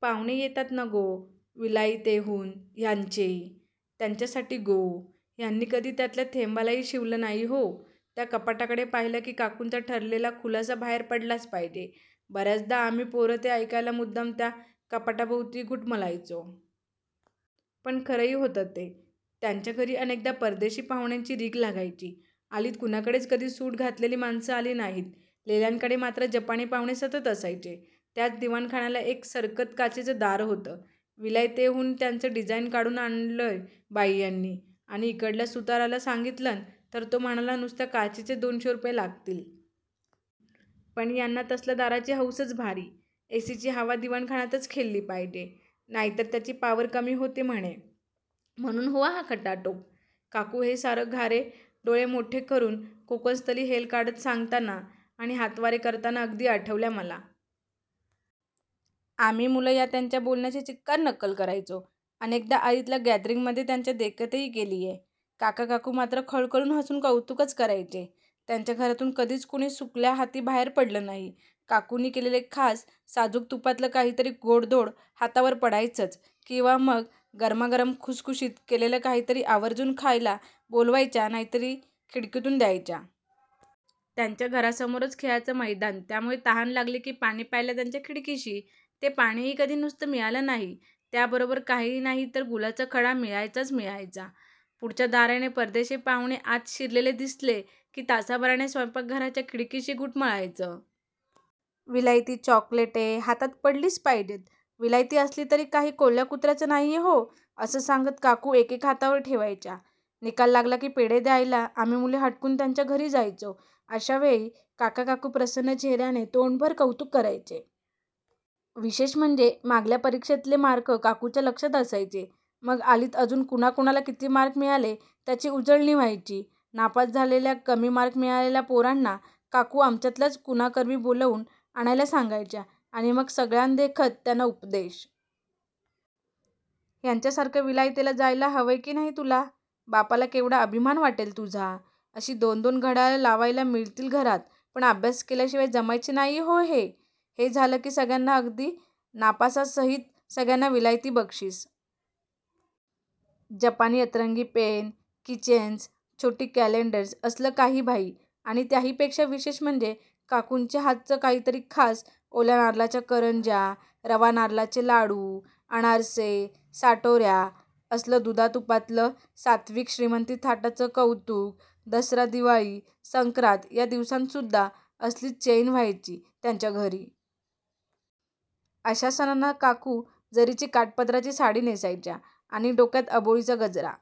पाहुणे येतात नं गो विलायतेहून ह्यांचे, त्यांच्यासाठी गो. ह्यांनी कधी त्यातल्या थेंबालाही शिवलं नाही हो. त्या कपाटाकडे पाहिलं की काकूंचा ठरलेला खुलासा बाहेर पडलाच पाहिजे. बऱ्याचदा आम्ही पोरं ते ऐकायला मुद्दाम त्या कपाटाभोवती घुटमळायचो. पण खरंही होतं ते. त्यांच्या घरी अनेकदा परदेशी पाहुण्यांची रीघ लागायची. आळीत कुणाकडेच कधी सूट घातलेली माणसं आली नाहीत. लेल्यांकडे मात्र जपानी पाहुणे सतत असायचे. त्याच दिवाणखान्याला एक सरकतं काचेचं दार होतं. विलायतेहून त्याचं डिझाईन काढून आणलंन बाई ह्यांनी आणि इकडल्या सुताराला सांगितलन तर तो म्हणाला नुसत्या काचेचेच दोनशे रुपये लागतील. पण यांना तसल्या दाराची हौसच भारी. एसीची हवा दिवाणखान्यातच खेळली पाहिजे नाहीतर त्याची पावर कमी होते म्हणे, म्हणून हो हा खटाटोप. काकू हे सारं घारे डोळे मोठ्ठे करून कोकणस्थी हेल काढत सांगताना आणि हातवारे करताना अगदी आठवल्या मला. आम्ही मुलं या त्यांच्या बोलण्याची चिक्कार नक्कल करायचो. अनेकदा आळीतल्या गॅदरिंगमध्ये त्यांच्या देखतही केलीये. काका-काकू मात्र खळखळून हसून कौतुकच करायचे. त्यांच्या घरातून कधीच कोणी सुकल्या हाती बाहेर पडलं नाही. काकूंनी केलेलं खास साजूक तुपातलं काहीतरी गोडधोड हातावर पडायचंच किंवा मग गरमागरम, खुसखुशीत केलेलं काहीतरी आवर्जून खायला बोलवायच्या नाहीतर खिडकीतून द्यायच्या. त्यांच्या घरासमोरच खेळाचं मैदान त्यामुळे तहान लागली की पाणी प्यायला त्यांच्याच खिडकीशी. ते पाणीही कधी नुसतं मिळालं नाही. त्याबरोबर काही नाही तर गुळाचा खडा मिळायचाच मिळायचा. पुढच्या दाराने परदेशी पाहुणे आत शिरलेले दिसले की तासाभराने स्वयंपाकघराच्या खिडकीशी घुटमळायचं. विलायती चॉकलेटे, हातात पडलीच पाहिजेत. विलायती असली तरी काही कोल्ह्या-कुत्र्याचं नाहीये हो असं सांगत काकू एकेक हातावर ठेवायच्या. निकाल लागला की पेढे द्यायला आम्ही मुलं हटकून त्यांच्या घरी जायचो. अशावेळी काका-काकू प्रसन्न चेहऱ्याने तोंडभर कौतुक करायचे. विशेष म्हणजे मागल्या परीक्षेतले मार्क काकूंच्या लक्षात असायचे. मग आळीत अजून कुणा-कुणाला किती मार्क मिळाले त्याची उजळणी व्हायची. नापास झालेल्या, कमी मार्क मिळालेल्या पोरांना काकू आमच्यातल्याच कुणाकरवी बोलवून आणायला सांगायच्या आणि मग सगळ्यांदेखत त्यांना उपदेश. ह्यांच्यासारखं विलायतेला जायला हवंय की नाही तुला? बापाला केवढा अभिमान वाटेल तुझा? अशी दोन दोन घड्याळं लावायला मिळतील घरात पण अभ्यास केल्याशिवाय जमायचे नाही हो हे. हे झालं की सगळ्यांना अगदी नापासासहीत सगळ्यांना विलायती बक्षीस. जपानी अतरंगी पेनं, किचेन्स, छोटी कॅलेंडरं असलं काही-बाही आणि त्याहीपेक्षा विशेष म्हणजे काकूंच्या हातचं काहीतरी खास. ओल्या नारळाच्या करंज्या, रवा नारळाचे लाडू, अनारसे, साटोऱ्या असलं दुधा-तुपातलं सात्त्विक श्रीमंती थाटाचं कौतुक. दसरा, दिवाळी, संक्रांत या दिवसांतसुद्धा असलीच चैन व्हायची त्यांच्या घरी. अशा सणांना काकू जरीची काठापदराची साडी नेसायच्या आणि डोक्यात अबोलीचा गजरा